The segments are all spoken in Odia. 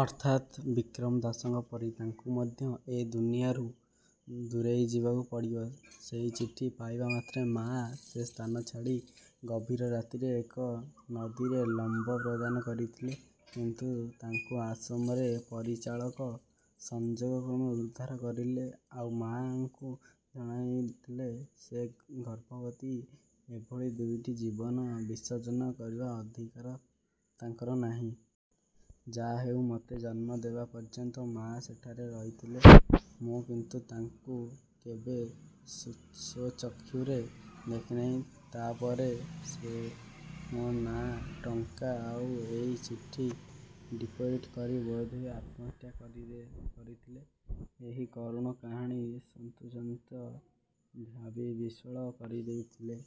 ଅର୍ଥାତ୍ ବିକ୍ରମ ଦାସଙ୍କ ପରି ତାଙ୍କୁ ମଧ୍ୟ ଏ ଦୁନିଆରୁ ଦୂରେଇଯିବାକୁ ପଡ଼ିବ। ସେଇ ଚିଠି ପାଇବା ମାତ୍ରେ ମାଆ ସେ ସ୍ଥାନ ଛାଡ଼ି ଗଭୀର ରାତ୍ରିରେ ଏକ ନଦୀରେ ଲମ୍ଫ ପ୍ରଦାନ କରିଥିଲେ। କିନ୍ତୁ ତାଙ୍କୁ ଆଶ୍ରମର ପରିଚାଳିକା ସଂଯୋଗକ୍ରମେ ଉଦ୍ଧାର କରିଥିଲେ, ଆଉ ମାଆଙ୍କୁ ଜଣାଇଥିଲେ ଯେ ସେ ଗର୍ଭବତୀ; ଏଭଳି ଦୁଇଟି ଜୀବନ ବିସର୍ଜନ କରିବାର ଅଧିକାର ତାଙ୍କର ନାହିଁ। 'ଯାହାହେଉ, ମୋତେ ଜନ୍ମ ଦେବା ପର୍ଯ୍ୟନ୍ତ ମାଆ ସେଠାରେ ରହିଥିଲେ। ମୁଁ କିନ୍ତୁ ତାଙ୍କୁ କେବେ ସ୍ୱଚକ୍ଷୁରେ ଦେଖିନାହିଁ। ତା ପରେ ସେ ମୋ ନାମରେ ଟଙ୍କା ଆଉ ଏଇ ଚିଠି ଡିପୋଜିଟ କରି ବୋଧହୁଏ ଆତ୍ମହତ୍ୟା କରିଥିଲେ। ' ଏଇ କରୁଣ କାହାଣୀ ଶତ୍ରୁଜିତଙ୍କୁ ଭାବିବିହ୍ୱଳ କରିଦେଇଥିଲେ।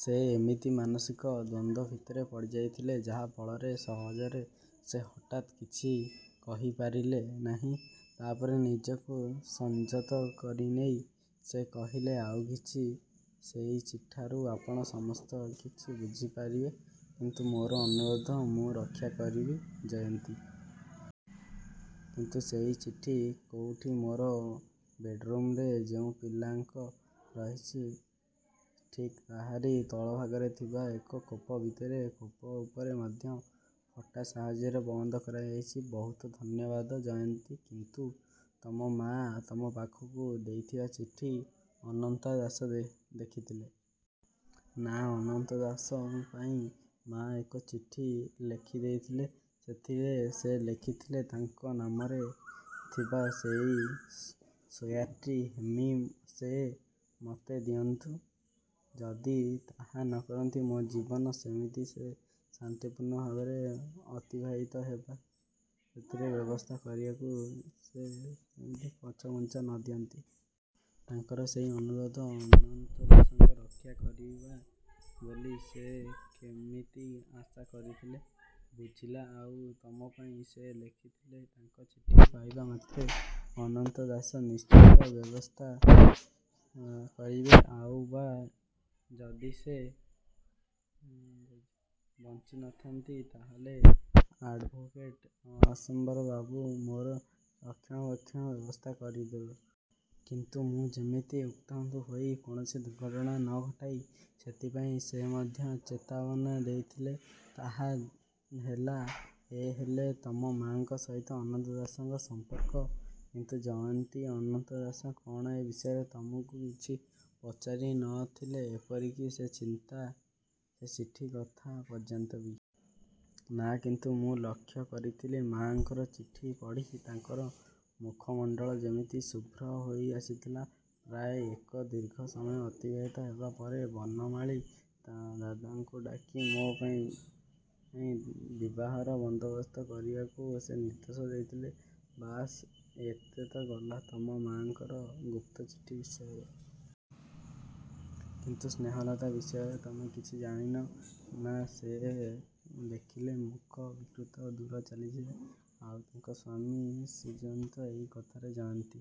ସେ ଇମିତି ମାନସିକ ଦ୍ୱନ୍ଦ୍ୱ ଭିତରେ ପଡ଼ିଯାଇଥିଲେ, ଯାହା ଫଳରେ ସହଜରେ ସେ ହଠାତ୍ କିଛ କହି ପାରିଲେ ନାହିଁ। ତା'ପରେ ନିଜକୁ ସଂଯତ କରିନେଇ ସେ କହିଲେ, 'ଆଉ କିଛି? ' 'ସେଇ ଚିଠିରୁ ଆପଣ ସସସ୍ତ କିଛି ବୁଝିପାରିବେ। କିନ୍ତୁ ମୋର ଅନୁରୋଧ' 'ମୁଁ ରକ୍ଷା କରିବି, ଜୟନ୍ତୀ! କିନ୍ତୁ ସେଇ ଚିଠିଟି କୋଉଠି? ' 'ମୋର ବେଡ଼୍ରୁମରେ ଯୋଉ ପଲଙ୍କ ରହିଛି ଠିକ୍ ତାହାରି ତଳଭାଗରେ ଥିବା ଏକ ଖୋପ ଭିତରେ। ଖୋପର ଉପର ମଧ୍ୟ ପଟା ସାହାଯ୍ୟରେ ବନ୍ଦ କରାଯାଇଛି। ' 'ବହୁତ ଧନ୍ୟବାଦ, ଜୟନ୍ତୀ! କିନ୍ତୁ ତମ ମାଆ ତମ ପାଖକୁ ଦେଇଥିବା ଚିଠି ଅନନ୍ତ ଦାସ ଦେଖିଥିଲେ? ' 'ନା ଅନନ୍ତ ଦାସଙ୍କ ପାଇଁ ମାଆ ଏକ ଚିଠି ଲେଖିଦେଇଥିଲେ। ସେଥିରେ ସେ ଲେଖିଥିଲେ, ତାଙ୍କ ନାମରେ ଥିବା ସେଇ ସେୟାରଟି ହେମିତି ସେ ମୋତେ ଦିଅନ୍ତି। ଯଦି ତାହା ନ କରନ୍ତି ମୋ ଜୀବନ ଯେମିତି ସେ ଶାନ୍ତିପୂର୍ଣ୍ଣ ଭାବରେ ଅତିବାହିତ ହେବ ସେଥିରେ ବ୍ୟବସ୍ଥା କରିବାକୁ ସେ ଯେମିତି ପଛଘୁଞ୍ଚା ନ ଦିଅନ୍ତି। ' 'ତାଙ୍କର ସେଇ ଅନୁରୋଧ ଅନନ୍ତ ଦାସ ରକ୍ଷା କରିବେ ବୋଲି ସେ କେମିତି ଆଶା କରିଥିଲେ? ' 'ବୁଝିଲି। ଆଉ ତମ ପାଇଁ' 'ସେ ଲେଖିଥିଲେ, ତାଙ୍କ ଚିଠି ପାଇବା ମାତ୍ରେ ଅନନ୍ତ ଦାସ ନିଶ୍ଚୟ ବ୍ୟବସ୍ଥା କରିବେ, ଆଉ ବା ଯଦି ସେ ବଞ୍ଚି ନ ଥାଆନ୍ତି ତା ହେଲେ ଆଡ଼ଭୋକେଟ ଅମ୍ବରୀଶବାବୁ ମୋର ରକ୍ଷଣାବେକ୍ଷଣର ବ୍ୟବସ୍ଥା କରିଦେବେ। କିନ୍ତୁ ମୁଁ ଯେମିତି ଉତ୍ତ୍ୟକ୍ତ ହୋଇ କୌଣସି ଦୁର୍ଘଟଣା ନ ଘଟାଏ, ସେଥିପାଇଁ ସେ ମଧ୍ୟ ଚେତାବନୀ ଦେଇଯାଇଥିଲେ। ' 'ତା ହେଲେ ଏଇ ହେଲା ତମ ମାଆଙ୍କ ସହିତ ଅନନ୍ତ ଦାସଙ୍କର ସଂପର୍କ? କିନ୍ତୁ ଜୟନ୍ତୀ, ଅନନ୍ତ ଦାସ କଣ ଏ ବିଷୟରେ ତମକୁ କିଛି ପଚାରି ନ ଥିଲେଏପରିକି ସେ ଚିଠି କଥା ପର୍ଯ୍ୟନ୍ତ ବି? ' 'ନା। କିନ୍ତୁ ମୁଁ ଲକ୍ଷ୍ୟ କରିଥିଲେ, ମାଆଙ୍କର ଚିଠି ପଢ଼ି ତାଙ୍କର ମୁଖମଣ୍ଡଳ ଯେମିତି ଶୁଭ୍ର ହେଇଆସିଥିଲା। ପ୍ରାୟ ଏକ ଦୀର୍ଘ ସମୟ ଅତିବାହିତ ହେବା ପରେ ବନମାଳୀ ଦାଦାଙ୍କୁ ଡାକି ମୋ ପାଇଁ ବହିବାର ବନ୍ଦୋବସ୍ତ କରିବାକୁ ସେ ନିର୍ଦ୍ଦେଶ ଦେଇଥିଲେ। ' 'ବାସ୍, ଏ ତ ଗଲା ତମ ମାଆଙ୍କର ଗୁପ୍ତ ଚିଠିର ବିଷୟ। କିନ୍ତୁ ସ୍ନେହଲତା ବିଷୟରେ ତମେ କିଛି ଜାଣ? ' ''ନା, ସେ ମୋତେ ଦେଖିଲେ ମୁଖ ବିକୃତ କରି ଦୂରକୁ ଚାଲିଯାଏ। ' 'ଆଉ ତାଙ୍କ ସ୍ୱାମୀ? ' ଶତ୍ରୁଜିତଙ୍କର ଏଇ କଥାରେ ଜୟନ୍ତୀ